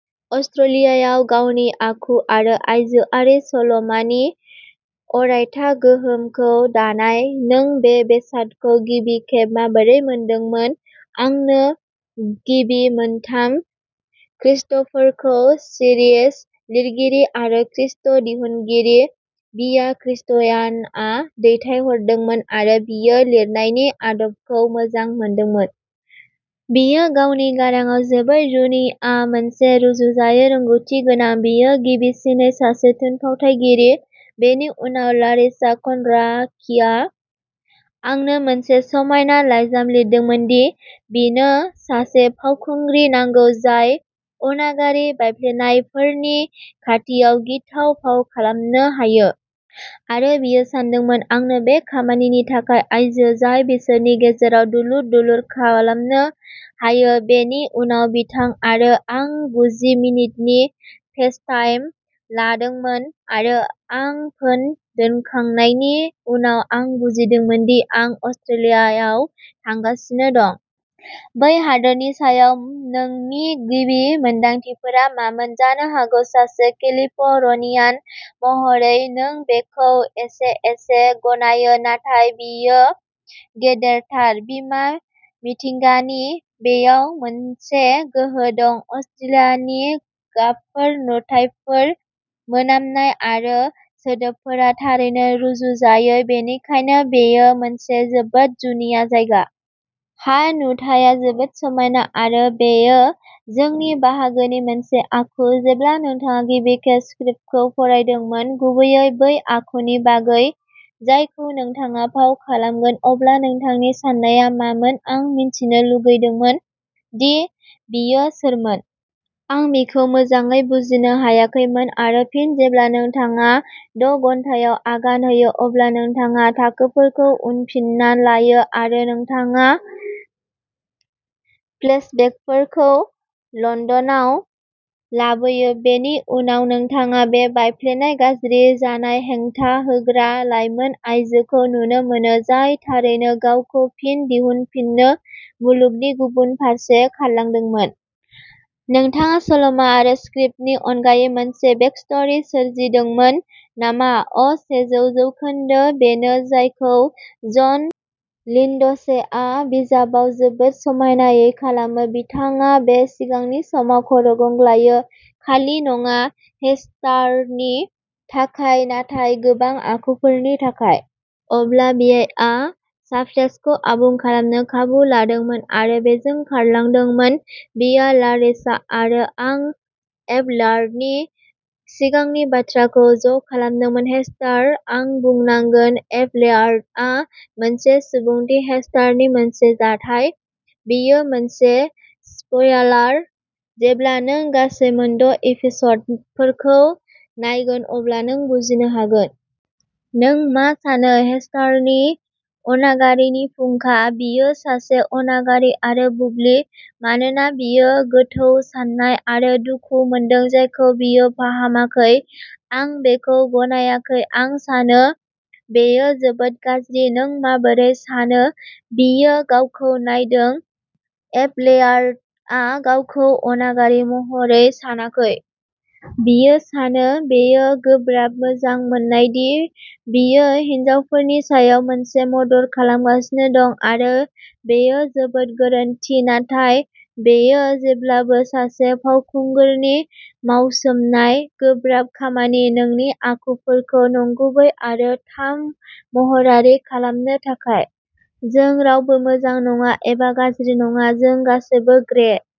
अस्ट्रेलियायाव, गावनि आखु आरो आइजोआरि सल'मानि अरायथा गोहोमखौ दानाय। नों बे बेसादखौ गिबि खेब माबोरै मोनदोंमोन। आंनो गिबि मोनथाम स्क्रिप्टफोरखौ सिरिज लिरगिरि आरो स्क्रिप्ट दिहुनगिरि बीया क्रिस्टियानआ दैथायहरदोंमोन आरो बियो लिरनायनि आदबखौ मोजां मोनदोंमोन। बियो गावनि गारांआव जोबोद जुनिया मोनसे रुजुजायै रोंग'थि गोनां। बियो गिबिसिनै सासे थुनफावथाइगिरि बेनि उनाव लारिसा क'न्ड्राकीआ आंनो मोनसे समायना लाइजाम लिरदोंमोन दि बिनो सासे फावखुंग्रि नांगौ जाय अनागारि, बायफ्लेनायफोरनि खाथियाव गिथाव फाव खालामनो हायो। आरो बियो सानदोंमोन आंनो बे खामानिनि थाखाय आइजो, जाय बिसोरनि गेजेराव दुलुर दुलुर खालामनो हायो। बेनि उनाव बिथां आरो आं गुजि मिनिटनि फेसटाइम लादोंमोन, आरो आं फोन दोनखांनायनि उनाव आं बुजिदोंमोन दि आं अस्ट्रेलियायाव थांगासिनो दं। बै हादोरनि सायाव नोंनि गिबि मोनदांथिफोरा मामोन, जानो हागौ सासे केलिफ'र्नियान महरै नों बेखौ एसे एसे गनायो, नाथाय बेयो गेदेरथार। बिमा मिथिंगानि। बेयाव मोनसे गोहो दं। अस्ट्रेलियानि गाबफोर, नुथायफोर, मोनामनाय आरो सोदोबफोरा थारैनो रुजुजायै, बेनिखायनो बेयो मोनसे जोबोद जुनिया जायगा। हा नुथाया जोबोद समायना, आरो बेयो जोंनि बाहागोनि मोनसे आखु। जेब्ला नोंथाङा गिबि खेब स्क्रिप्टखौ फरायदोंमोन, गुबैयै बै आखुनि बागै जायखौ नोंथाङा फाव खालामगोन, अब्ला नोंथांनि साननाया मामोन आं मिथिनो लुगैदोंमोन दि बियो सोरमोन। आं बिखौ मोजाङै बुजिनो हायाखैमोन। आरो फिन जेब्ला नोंथाङा द'घन्टायाव आगान होयो, अब्ला नोंथाङा थाखोफोरखौ उनफिनना लायो, आरो नोंथाङा फ्लेशबेकफोरखौ लन्दनाव लाबोयो। बेनि उनाव नोंथाङा बे बायफ्लेनाय, गाज्रि जानाय, हेंथा होग्रा लाइमोन आयजोखौ नुनो मोनो, जाय थारैनो गावखौ फिन दिहुनफिननो मुलुगनि गुबुन फारसे खारलांदोंमोन। नोंथाङा सल'मा आरो स्क्रिप्टनि अनगायै मोनसे बेकस्ट'री सोरजिदोंमोन नामा अ सेजौ जौखोन्दो बेनो जायखौ जन लिन्डसेआ बिजाबाव जोबोद समायनायै खालामो। बिथाङा बे सिगांनि समाव खर'गंग्लायो खालि नङा। हेस्टारनि थाखाय, नाथाय गोबां आखुफोरनि थाखाय। अब्ला बियाआ साबटेक्सखौ आबुं खालामनो खाबु लादोंमोन, आरो बेजों खारलांदोंमोन। बिया, लारिसा आरो आं एपलेयार्डनि सिगांनि बाथ्राखौ ज'खालामदोंमोन। हेस्टार, आं बुंनांगोन। एपलेयार्डआ मोनसे सुबुंथि हेस्टारनि मोनसे दाथाय। बेयो मोनसे स्पइलार। जेब्ला नों गासै मोनद'एपिस'डफोरखौ नायगोन अब्ला नों बुजिनो हागोन। नों मा सानो हेस्टारनि अनागारिनि फुंखा? बियो सासे अनागारि आरो बुल्लि, मानोना बियो गोथौ सानाय आरो दुखु मोनदों जायखौ बियो फाहामाखै। आं बेखौ गनायाखै; आं सानो बेयो जोबोद गाज्रि। नों माबोरै सानो बियो गावखौ नायदों एपलेयार्डआ गावखौ अनागारि महरै सानाखै। बियो सानो बेयो गोब्राब मोजां मोननाय, दि बियो हिनजावफोरनि सायाव मोनसे मदद खालामगासिनो दं। आरो बेयो जोबोद गोरोन्थि नाथाय बेयो जेब्लाबो सासे फावखुंगुरनि मावसोमनाय, गोब्राब खामानि, नोंनि आखुफोरखौ नंगुबै आरो थाम महरारि खालामनो थाखाय। जों रावबो मोजां नङा, एबा गाज्रि नङा। जों गासैबो ग्रे।